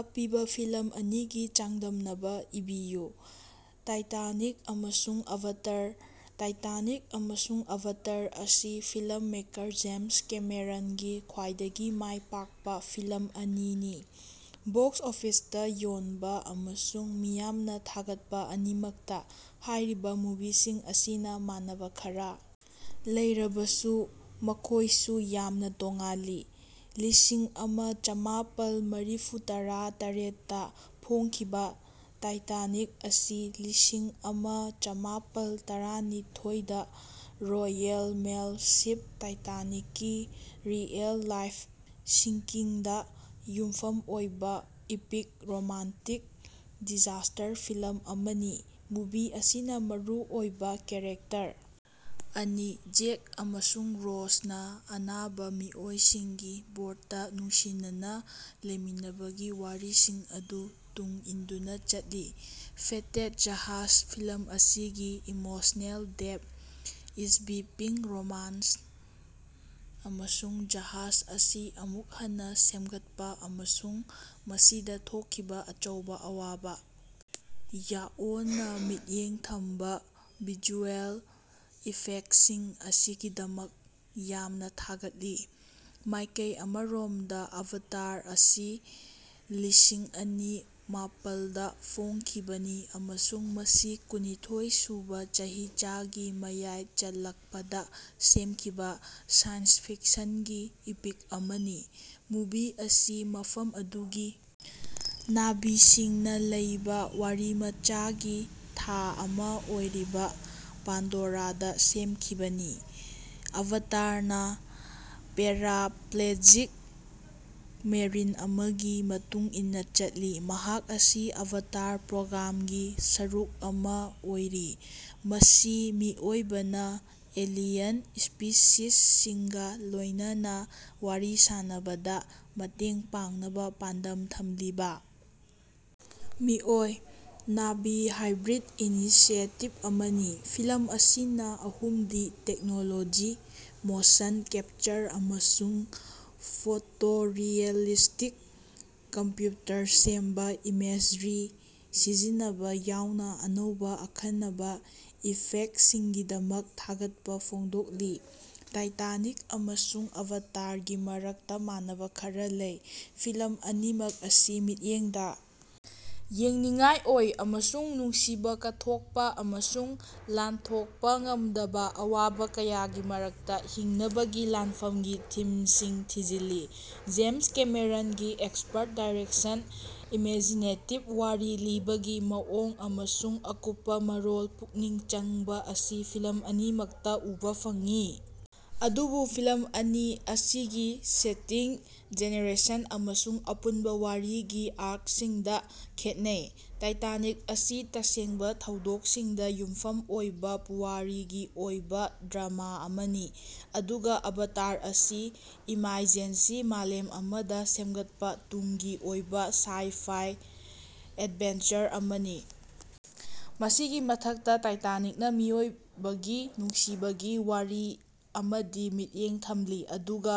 ꯑꯄꯤꯕ ꯐꯤꯜꯝ ꯑꯅꯤꯒꯤ ꯆꯥꯡꯗꯝꯅꯕ ꯏꯕꯤꯌꯨ꯫ ꯇꯥꯏꯇꯥꯅꯤꯛ ꯑꯃꯁꯨꯡ ꯑꯚꯥꯇꯔ꯫ ꯇꯥꯏꯇꯥꯅꯤꯛ ꯑꯃꯁꯨꯡ ꯑꯚꯥꯇꯔ ꯑꯁꯤ ꯐꯤꯜꯝ ꯃꯦꯀꯔ ꯖꯦꯝꯁ ꯀꯦꯃꯦꯔꯟꯒꯤ ꯈ꯭ꯕꯥꯏꯗꯒꯤ ꯃꯥꯏ ꯄꯥꯛꯄ ꯐꯤꯜꯝ ꯑꯅꯤꯅꯤ, ꯕꯣꯛꯁ ꯑꯣꯐꯤꯁꯇ ꯌꯣꯟꯕ ꯑꯃꯁꯨꯡ ꯃꯤꯌꯥꯝꯅ ꯊꯥꯒꯠꯄ ꯑꯅꯤꯃꯛꯇ꯫ ꯍꯥꯏꯔꯤꯕ ꯃꯨꯚꯤꯁꯤꯡ ꯑꯁꯤꯅ ꯃꯥꯟꯅꯕ ꯈꯔ ꯂꯩꯔꯕꯁꯨ ꯃꯈꯣꯏꯁꯨ ꯌꯥꯝꯅ ꯇꯣꯉꯥꯜꯂꯤ꯫ ꯂꯤꯁꯤꯡꯑꯃ ꯆꯝꯃꯥꯄꯜ ꯃꯔꯤꯐꯨꯇꯔꯥ ꯇꯔꯦꯠ ꯇ ꯐꯣꯡꯈꯤꯕ ꯇꯥꯏꯇꯥꯅꯤꯛ ꯑꯁꯤ ꯂꯤꯁꯤꯡꯑꯃ ꯆꯝꯃꯥꯄꯜ ꯇꯔꯥꯅꯤꯊꯣꯏ ꯗ ꯔꯣꯌꯜ ꯃꯦꯜ ꯁꯤꯞ ꯇꯥꯏꯇꯥꯅꯤꯛꯀꯤ ꯔꯤꯑꯦꯜ-ꯂꯥꯏꯐ ꯁꯤꯡꯀꯤꯡꯗ ꯌꯨꯝꯐꯝ ꯑꯣꯏꯕ ꯏꯄꯤꯛ ꯔꯣꯃꯥꯟꯇꯤꯛ ꯗꯤꯖꯥꯁꯇꯔ ꯐꯤꯜꯝ ꯑꯃꯅꯤ, ꯃꯨꯚꯤ ꯑꯁꯤꯅ ꯃꯔꯨꯑꯣꯏꯕ ꯀꯦꯔꯦꯛꯇꯔ ꯑꯅꯤ ꯖꯦꯛ ꯑꯃꯁꯨꯡ ꯔꯣꯖꯅ ꯑꯅꯥꯕ ꯃꯤꯑꯣꯏꯁꯤꯡꯒꯤ ꯕꯣꯔꯗꯇ ꯅꯨꯡꯁꯤꯅꯅ ꯂꯩꯃꯤꯟꯅꯕꯒꯤ ꯋꯥꯔꯤꯁꯤꯡ ꯑꯗꯨ ꯇꯨꯡ ꯏꯟꯗꯨꯅ ꯆꯠꯂꯤ꯫ ꯐꯦꯇꯦꯗ ꯖꯍꯥꯖ꫰ ꯐꯤꯜꯝ ꯑꯁꯤꯒꯤ ꯏꯃꯣꯁꯅꯦꯜ ꯗꯦꯞ, ꯁ꯭ꯕꯤꯄꯤꯡ ꯔꯣꯃꯥꯅꯟꯁ, ꯑꯃꯁꯨꯡ ꯖꯍꯥꯖ ꯑꯁꯤ ꯑꯃꯨꯛ ꯍꯟꯅ ꯁꯦꯃꯒꯠꯄ ꯑꯃꯁꯨꯡ ꯃꯁꯤꯗ ꯊꯣꯛꯈꯤꯕ ꯑꯆꯧꯕ ꯑꯋꯥꯕ ꯌꯥꯑꯣꯅ ꯃꯤꯠꯌꯦꯡ ꯊꯝꯕ ꯚꯤꯖꯨꯑꯦꯜ ꯏꯐꯦꯛꯁꯤꯡ ꯑꯁꯤꯒꯤꯗꯃꯛ ꯌꯥꯝꯅ ꯊꯥꯒꯠꯂꯤ꯫ ꯃꯥꯏꯀꯩ ꯑꯃꯔꯣꯃꯗ ꯑꯚꯇꯥꯔ ꯑꯁꯤ ꯂꯤꯁꯤꯡ ꯑꯅꯤ ꯃꯄꯥꯜ ꯗ ꯐꯣꯡꯈꯤꯕꯅꯤ ꯑꯃꯁꯨꯡ ꯃꯁꯤ ꯀꯨꯟꯅꯤꯊꯣꯏ ꯁꯨꯕ ꯆꯍꯤꯆꯥꯒꯤ ꯃꯌꯥꯏ ꯆꯜꯂꯀꯄꯗ ꯁꯦꯝꯈꯤꯕ ꯁꯥꯏꯟꯁ ꯐꯤꯛꯁꯟꯒꯤ ꯏꯄꯤꯛ ꯑꯃꯅꯤ꯫ ꯃꯨꯚꯤ ꯑꯁꯤ ꯃꯐꯝ ꯑꯗꯨꯒꯤ ꯅꯥꯚꯤꯁꯤꯡꯅ ꯂꯩꯕ ꯋꯥꯔꯤꯃꯆꯥꯒꯤ ꯊꯥ ꯑꯃ ꯑꯣꯏꯔꯤꯕ ꯄꯥꯟꯗꯣꯔꯥꯗ ꯁꯦꯝꯈꯤꯕꯅꯤ꯫ ꯑꯚꯥꯇꯥꯔꯅ ꯄꯦꯔꯥꯞꯂꯦꯖꯤꯛ ꯃꯦꯔꯤꯟ ꯑꯃꯒꯤ ꯃꯇꯨꯡ ꯏꯟꯅ ꯆꯠꯂꯤ, ꯃꯍꯥꯛ ꯑꯁꯤ ꯑꯚꯥꯇꯥꯔ ꯄ꯭ꯔꯣꯒ꯭ꯔꯥꯝꯒꯤ ꯁꯔꯨꯛ ꯑꯃ ꯑꯣꯏꯔꯤ, ꯃꯁꯤ ꯃꯤꯑꯣꯏꯕꯅ ꯑꯦꯂꯤꯌꯟ ꯁ꯭ꯄꯤꯁꯤꯁꯁꯤꯡꯒ ꯂꯣꯏꯅꯅ ꯋꯥꯔꯤ ꯁꯥꯅꯕꯗ ꯃꯇꯦꯡ ꯄꯥꯡꯅꯕ ꯄꯥꯟꯗꯝ ꯊꯝꯂꯤꯕ ꯃꯤꯑꯣꯏ-ꯅꯥꯚꯤ ꯍꯥꯏꯕ꯭ꯔꯤꯗ ꯏꯅꯤꯁꯤꯌꯦꯇꯤꯚ ꯑꯃꯅꯤ꯫ ꯐꯤꯜꯝ ꯑꯁꯤꯅ ꯑꯍꯨꯝꯗꯤ ꯇꯦꯛꯅꯣꯂꯣꯖꯤ, ꯃꯣꯁꯟ ꯀꯦꯞꯆꯔ, ꯑꯃꯁꯨꯡ ꯐꯣꯇꯣꯔꯤꯑꯦꯂꯤꯁꯇꯤꯛ ꯀꯝꯄ꯭ꯌꯨꯇꯔꯅ ꯁꯦꯝꯕ ꯏꯃꯦꯖ꯭ꯔꯤ ꯁꯤꯖꯤꯟꯅꯕ ꯌꯥꯎꯅ ꯑꯅꯧꯕ ꯑꯈꯟꯅꯕ ꯏꯐꯦꯛꯁꯤꯡꯒꯤꯗꯃꯛ ꯊꯥꯒꯠꯄ ꯐꯣꯡꯗꯣꯛꯂꯤ꯫ ꯇꯥꯏꯇꯥꯅꯤꯛ ꯑꯃꯁꯨꯡ ꯑꯚꯥꯇꯥꯔꯒꯤ ꯃꯔꯛꯇ ꯃꯥꯟꯅꯕ ꯈꯔ ꯂꯩ꯫ ꯐꯤꯜꯝ ꯑꯅꯤꯃꯛ ꯑꯁꯤ ꯃꯤꯠꯌꯦꯡꯗ ꯌꯦꯡꯅꯤꯡꯉꯥꯏ ꯑꯣꯏ ꯑꯃꯁꯨꯡ ꯅꯨꯡꯁꯤꯕ, ꯀꯠꯊꯣꯛꯄ ꯑꯃꯁꯨꯡ ꯂꯥꯟꯊꯣꯛꯄ ꯉꯝꯗꯕ ꯑꯋꯥꯕ ꯀꯌꯥꯒꯤ ꯃꯔꯛꯇ ꯍꯤꯡꯅꯕꯒꯤ ꯂꯥꯟꯐꯝꯒꯤ ꯊꯤꯝꯁꯤꯡ ꯊꯤꯖꯤꯜꯂꯤ꯫ ꯖꯦꯝꯁ ꯀꯦꯃꯦꯔꯟꯒꯤ ꯑꯦꯛꯁꯄꯔꯠ ꯗꯥꯏꯔꯦꯛꯁꯟ, ꯏꯃꯦꯖꯤꯅꯦꯇꯤꯚ ꯋꯥꯔꯤ ꯂꯤꯕꯒꯤ ꯃꯑꯣꯡ ꯑꯃꯁꯨꯡ ꯑꯀꯨꯞꯄ ꯃꯔꯣꯜꯗ ꯄꯨꯛꯅꯤꯡ ꯆꯪꯕ ꯑꯁꯤ ꯐꯤꯜꯝ ꯑꯅꯤꯃꯛꯇ ꯎꯕ ꯐꯪꯏ꯫ ꯑꯗꯨꯕꯨ ꯐꯤꯂꯝ ꯑꯅꯤ ꯑꯁꯤꯒꯤ ꯁꯦꯇꯤꯡ, ꯖꯦꯅꯔꯦꯁꯟ ꯑꯃꯁꯨꯡ ꯑꯄꯨꯟꯕ ꯋꯥꯔꯤꯒꯤ ꯑꯥꯔꯛꯁꯤꯡꯗ ꯈꯦꯠꯅꯩ꯫ ꯇꯥꯏꯇꯥꯅꯤꯛ ꯑꯁꯤ ꯇꯁꯦꯡꯕ ꯊꯧꯗꯣꯛꯁꯤꯡꯗ ꯌꯨꯝꯐꯝ ꯑꯣꯏꯕ ꯄꯨꯋꯥꯔꯤꯒꯤ ꯑꯣꯏꯕ ꯗ꯭ꯔꯃꯥ ꯑꯃꯅꯤ, ꯑꯗꯨꯒ ꯑꯚꯥꯇꯥꯔ ꯑꯁꯤ ꯏꯃꯥꯏꯖꯦꯟꯁꯤ ꯃꯥꯂꯦꯝ ꯑꯃꯗ ꯁꯦꯝꯒꯠꯄ ꯇꯨꯡꯒꯤ ꯑꯣꯏꯕ ꯁꯥꯏ-ꯐꯥꯏ ꯑꯦꯗꯚꯦꯟꯆꯔ ꯑꯃꯅꯤ꯫ ꯃꯁꯤꯒꯤ ꯃꯊꯛꯇ ꯇꯥꯏꯇꯅꯤꯛꯅ ꯃꯤꯑꯣꯏꯕꯒꯤ ꯅꯨꯡꯁꯤꯕꯒꯤ ꯋꯥꯔꯤ ꯑꯃꯗ ꯃꯤꯠꯌꯦꯡ ꯊꯝꯂꯤ, ꯑꯗꯨꯒ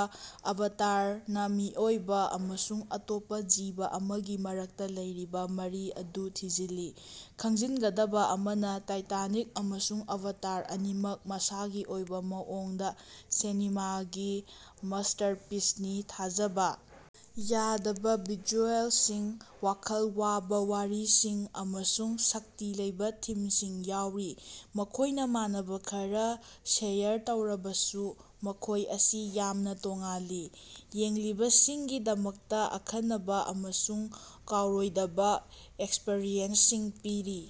ꯑꯚꯥꯇꯥꯔꯅ ꯃꯤꯑꯣꯏꯕ ꯑꯃꯁꯨꯡ ꯑꯇꯣꯞꯄ ꯖꯤꯕ ꯑꯃꯒꯤ ꯃꯔꯛꯇ ꯂꯩꯔꯤꯕ ꯃꯔꯤ ꯑꯗꯨ ꯊꯤꯖꯤꯜꯂꯤ꯫ ꯈꯪꯖꯤꯟꯒꯗꯕ ꯑꯃꯅ, ꯇꯥꯏꯇꯥꯅꯤꯛ ꯑꯃꯁꯨꯡ ꯑꯚꯥꯇꯥꯔ ꯑꯅꯤꯃꯛ ꯃꯁꯥꯒꯤ ꯑꯣꯏꯕ ꯃꯑꯣꯡꯗ ꯁꯤꯅꯦꯃꯥꯒꯤ ꯃꯁꯇꯔꯄꯤꯁꯅꯤ, ꯊꯥꯖꯕ ꯌꯥꯗꯕ ꯚꯤꯖꯨꯑꯦꯜꯁꯤꯡ, ꯋꯥꯈꯜ ꯋꯥꯕ ꯋꯥꯔꯤꯁꯤꯡ, ꯑꯃꯁꯨꯡ ꯁꯛꯇꯤ ꯂꯩꯕ ꯊꯤꯝꯁꯤꯡ ꯌꯥꯎꯔꯤ꯫ ꯃꯈꯣꯏꯅ ꯃꯥꯟꯅꯕ ꯈꯔ ꯁꯦꯌꯔ ꯇꯧꯔꯕꯁꯨ, ꯃꯈꯣꯏ ꯑꯁꯤ ꯌꯥꯝꯅ ꯇꯣꯉꯥꯜꯂꯤ, ꯌꯦꯡꯂꯤꯕꯁꯤꯡꯒꯤꯗꯃꯛꯇ ꯑꯈꯟꯅꯕ ꯑꯃꯁꯨꯡ ꯀꯥꯎꯔꯣꯏꯗꯕ ꯑꯦꯛꯁꯄꯔꯤꯌꯦꯟꯁꯁꯤꯡ ꯄꯤꯔꯤ꯫